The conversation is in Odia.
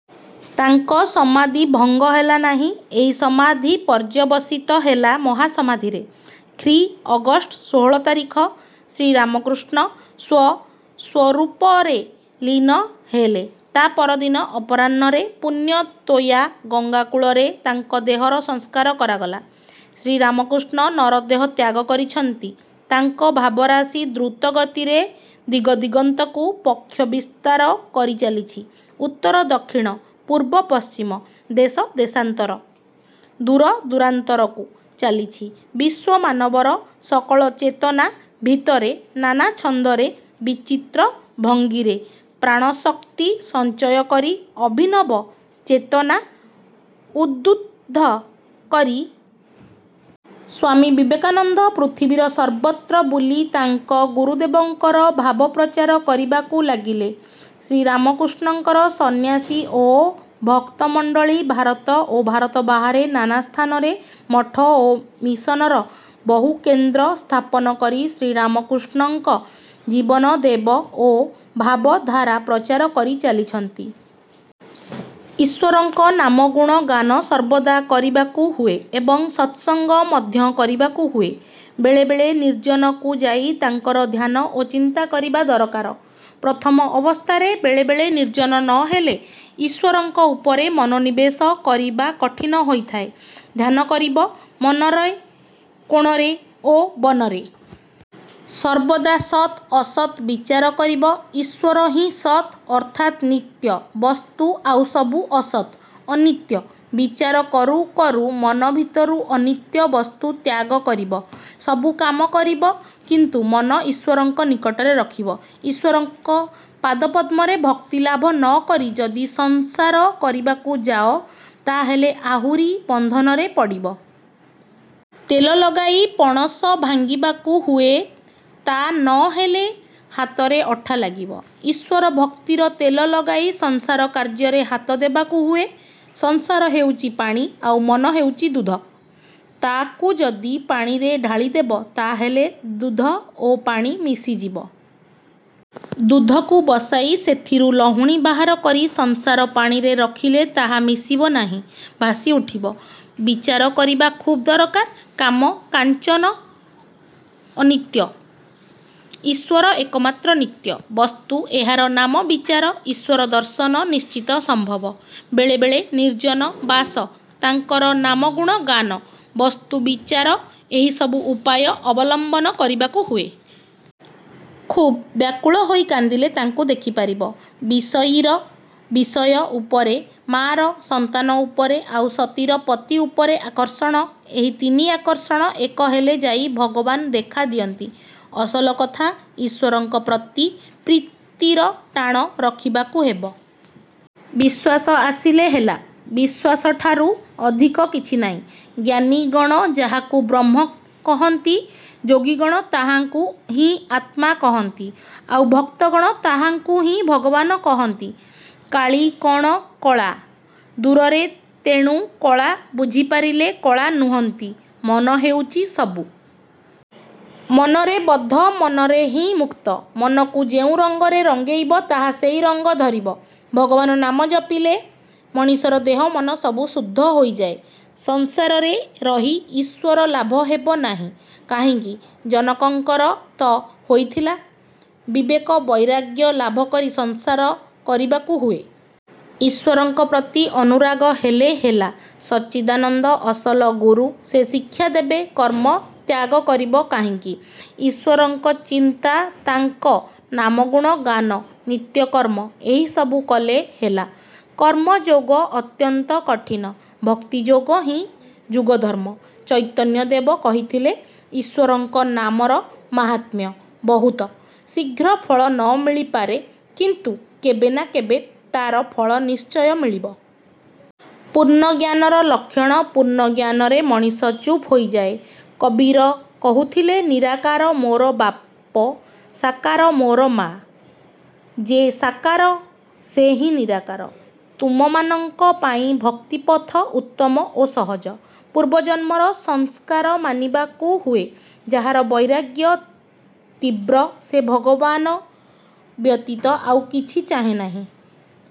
ତାଙ୍କ ସମାଧି ଭଙ୍ଗ ହେଲା ନାହିଁ। ଏହି ସମାଧି ପର୍ଯ୍ୟବସିତ ହେଲା ମହାସମାଧିରେ। ଖ୍ରୀ: ଅଗଷ୍ଟ ଷୋହଳ ତାରିଖ ଶ୍ରୀରାମକୃଷ୍ଣ ସ୍ୱ-ସ୍ୱରୂପରେ ଲୀନ ହେଲେ। ତା' ପରଦିନ ଅପରାହ୍ନରେ ପୁଣ୍ୟତୋୟା ଗଙ୍ଗାକୂଳରେ ତାଙ୍କ ଦେହର ସଂସ୍କାର କରାଗଲା। ଶ୍ରୀରାମକୃଷ୍ଣ ନରଦେହ ତ୍ୟାଗ କରିଛନ୍ତି। ତାଙ୍କ ଭାବରାଶି ଦ୍ରୁତଗତିରେ ଦିଗଦିଗନ୍ତକୁ ପକ୍ଷ ବିସ୍ତାର କରି ଚାଲିଛି-ଉତ୍ତର-ଦକ୍ଷିଣ, ପୂର୍ବପଶ୍ଚିମ, ଦେଶଦେଶାନ୍ତର, ଦୂରଦୂରାନ୍ତରକୁ-ଚାଲିଛି ବିଶ୍ୱମାନବର ସକଳ ଚେତନା ଭିତରେ, ନାନା ଛନ୍ଦରେ, ବିଚିତ୍ର ଭଙ୍ଗୀରେ ପ୍ରାଣଶକ୍ତି ସଞ୍ଚୟ କରି, ଅଭିନବ ଚେତନା ଉଦ୍ବୁଦ୍ଧ କରି। ସ୍ୱାମୀ ବିବେକାନନ୍ଦ ପୃଥିବୀର ସର୍ବତ୍ର ବୁଲି ତାଙ୍କ ଗୁରୁଦେବଙ୍କର ଭାବ ପ୍ରଚାର କରିବାକୁ ଲାଗିଲେ। ଶ୍ରୀରାମକୃଷ୍ଣଙ୍କର ସନ୍ନ୍ୟାସୀ ଓ ଭକ୍ତମଣ୍ଡଳୀ ଭାରତ ଓ ଭାରତ ବାହାରେ ନାନା ସ୍ଥାନରେ ମଠ ଓ ମିଶନର ବହୁ କେନ୍ଦ୍ର ସ୍ଥାପନ କରି ଶ୍ରୀରାମକୃଷ୍ଣଙ୍କ ଜୀବନ-ବେଦ ଓ ଭାବଧାରା ପ୍ରଚାର କରି ଚାଲିଛନ୍ତି। ଈଶ୍ୱରଙ୍କ ନାମଗୁଣ ଗାନ ସର୍ବଦା କରିବାକୁ ହୁଏ ଏବଂ ସତ୍ସଙ୍ଗ ମଧ୍ୟ କରିବାକୁ ହୁଏ। ବେଳେବେଳେ ନିର୍ଜନକୁ ଯାଇ ତାଙ୍କର ଧ୍ୟାନ ଓ ଚିନ୍ତା କରିବା ଦରକାର। ପ୍ରଥମ ଅବସ୍ଥାରେ ବେଳେବେଳେ ନିର୍ଜନ ନ ହେଲେ ଈଶ୍ୱରଙ୍କ ଉପରେ ମନୋନିବେଶ କରିବା କଠିନ ହୋଇଥାଏ। ଧ୍ୟାନ କରିବ ମନରେ, କୋଣରେ ଓ ବନରେ। ସର୍ବଦା ସତ୍ ଅସତ୍ ବିଚାର କରିବ। ଈଶ୍ୱର ହିଁ ସତ୍, ଅର୍ଥାତ୍ ନିତ୍ୟ ବସ୍ତୁ; ଆଉସବୁ ଅସତ୍, ଅନିତ୍ୟ। ବିଚାର କରୁ କରୁ ମନ ଭିତରୁ ଅନିତ୍ୟ ବସ୍ତୁ ତ୍ୟାଗ କରିବ। ସବୁ କାମ କରିବ, କିନ୍ତୁ ମନ ଈଶ୍ୱରଙ୍କ ନିକଟରେ ରଖିବ। ଈଶ୍ୱରଙ୍କ ପାଦପଦ୍ମରେ ଭକ୍ତିଲାଭ ନ କରି ଯଦି ସଂସାର କରିବାକୁ ଯାଅ, ତା' ହେଲେ ଆହୁରି ବନ୍ଧନରେ ପଡ଼ିବ। ତେଲ ଲଗାଇ ପଣସ ଭାଙ୍ଗିବାକୁ ହୁଏ, ତା'ନ ହେଲେ ହାତରେ ଅଠା ଲାଗିବ। ଈଶ୍ୱର ଭକ୍ତିର ତେଲ ଲଗାଇ ସଂସାର କାର୍ଯ୍ୟରେ ହାତ ଦେବାକୁ ହୁଏ। ସଂସାର ହେଉଛି ପାଣି, ଆଉ ମନ ହେଉଛି ଦୁଧ। ତା'କୁ ଯଦି ପାଣିରେ ଢାଳିଦେବ, ତା' ହେଲେ ଦୁଧ ଓ ପାଣି ମିଶିଯିବ। ଦୁଧକୁ ବସାଇ ସେଥିରୁ ଲହୁଣୀ ବାହାର କରି ସଂସାର-ପାଣିରେ ରଖିଲେ ତାହା ମିଶିବ ନାହିଁ, ଭାସି ଉଠିବ। ବିଚାର କରିବା ଖୁବ୍ ଦରକାର। କାମ-କାଞ୍ଚନ ଅନିତ୍ୟ, ଈଶ୍ୱର ଏକମାତ୍ର ନିତ୍ୟ ବସ୍ତୁ-ଏହାର ନାମ ବିଚାର। ଈଶ୍ୱର ଦର୍ଶନ ନିଶ୍ଚିତ ସମ୍ଭବ। ବେଳେବେଳେ ନିର୍ଜନ-ବାସ, ତାଙ୍କର ନାମଗୁଣ ଗାନ, ବସ୍ତୁ-ବିଚାର-ଏହିସବୁ ଉପାୟ ଅବଲମ୍ବନ କରିବାକୁ ହୁଏ। ଖୁବ୍ ବ୍ୟାକୁଳ ହୋଇ କାନ୍ଦିଲେ ତାଙ୍କୁ ଦେଖିପାରିବ। ବିଷୟୀର ବିଷୟ ଉପରେ, ମା'ର ସନ୍ତାନ ଉପରେ, ଆଉ ସତୀର ପତି ଉପରେ ଆକର୍ଷଣ-ଏହି ତିନି ଆକର୍ଷଣ ଏକ ହେଲେ ଯାଇ ଭଗବାନ ଦେଖା ଦିଅନ୍ତି। ଅସଲ କଥା, ଈଶ୍ୱରଙ୍କ ପ୍ରତି ପ୍ରୀତିର ଟାଣ ରଖିବାକୁ ହେବ। ବିଶ୍ୱାସ ଆସିଲେ ହେଲା। ବିଶ୍ୱାସଠାରୁ ଅଧିକ କିଛି ନାହିଁ। ଜ୍ଞାନୀଗଣ ଯାହାକୁ ବ୍ରହ୍ମ କହନ୍ତି, ଯୋଗୀଗଣ ତାହାଙ୍କୁ ହିଁ ଆତ୍ମା କହନ୍ତି, ଆଉ ଭକ୍ତଗଣ ତାହାଙ୍କୁ ହିଁ ଭଗବାନ କହନ୍ତି। କାଳୀ କ'ଣ କଳା! ଦୂରରେ, ତେଣୁ କଳା; ବୁଝିପାରିଲେ କଳା ନୁହନ୍ତି। ମନ ହେଉଛି ସବୁ। ମନରେ ବଦ୍ଧ, ମନରେ ହିଁ ମୁକ୍ତ। ମନକୁ ଯେଉଁ ରଙ୍ଗରେ ରଙ୍ଗେଇବ, ତାହା ସେହି ରଙ୍ଗ ଧରିବ। ଭଗବାନ ନାମ ଜପିଲେ ମଣିଷର ଦେହ ମନ ସବୁ ଶୁଦ୍ଧ ହୋଇଯାଏ। ସଂସାରରେ ରହି ଈଶ୍ୱର ଲାଭ ହେବ ନାହିଁ କାହିଁକି? ଜନକଙ୍କର ତ ହୋଇଥିଲା। ବିବେକ-ବୈରାଗ୍ୟ ଲାଭ କରି ସଂସାର କରିବାକୁ ହୁଏ। ଈଶ୍ୱରଙ୍କ ପ୍ରତି ଅନୁରାଗ ହେଲେ ହେଲା। ସଚ୍ଚିଦାନନ୍ଦ ଅସଲ ଗୁରୁ; ସେ ଶିକ୍ଷା ଦେବେ। କର୍ମ ତ୍ୟାଗ କରିବ କାହିଁକି? ଈଶ୍ୱରଙ୍କ ଚିନ୍ତା, ତାଙ୍କ ନାମଗୁଣ ଗାନ, ନିତ୍ୟକର୍ମ-ଏହିସବୁ କଲେ ହେଲା। କର୍ମଯୋଗ ଅତ୍ୟନ୍ତ କଠିନ। ଭକ୍ତିଯୋଗ ହିଁ ଯୁଗଧର୍ମ। ଚୈତନ୍ୟଦେବ କହିଥିଲେ ଈଶ୍ୱରଙ୍କ ନାମର ମାହାତ୍ମ୍ୟ ବହୁତ; ଶୀଘ୍ର ଫଳ ନ ମିଳିପାରେ, କିନ୍ତୁ କେବେ ନା କେବେ ତା'ର ଫଳ ନିଶ୍ଚୟ ମିଳିବ। ପୂର୍ଣ୍ଣଜ୍ଞାନର ଲକ୍ଷଣ ପୂର୍ଣ୍ଣଜ୍ଞାନରେ ମଣିଷ ଚୁପ୍ ହୋଇଯାଏ। କବୀର କହୁଥିଲେ ନିରାକାର ମୋର ବାପ, ସାକାର ମୋର ମା'। ଯେ ସାକାର, ସେ ହିଁ ନିରାକାର। ତୁମମାନଙ୍କ ପାଇଁ ଭକ୍ତିପଥ ଉତ୍ତମ ଓ ସହଜ। ପୂର୍ବଜନ୍ମର ସଂସ୍କାର ମାନିବାକୁ ହୁଏ। ଯାହାର ବୈରାଗ୍ୟ ତୀବ୍ର, ସେ ଭଗବାନ ବ୍ୟତୀତ ଆଉ କିଛି ଚାହେଁ ନାହିଁ।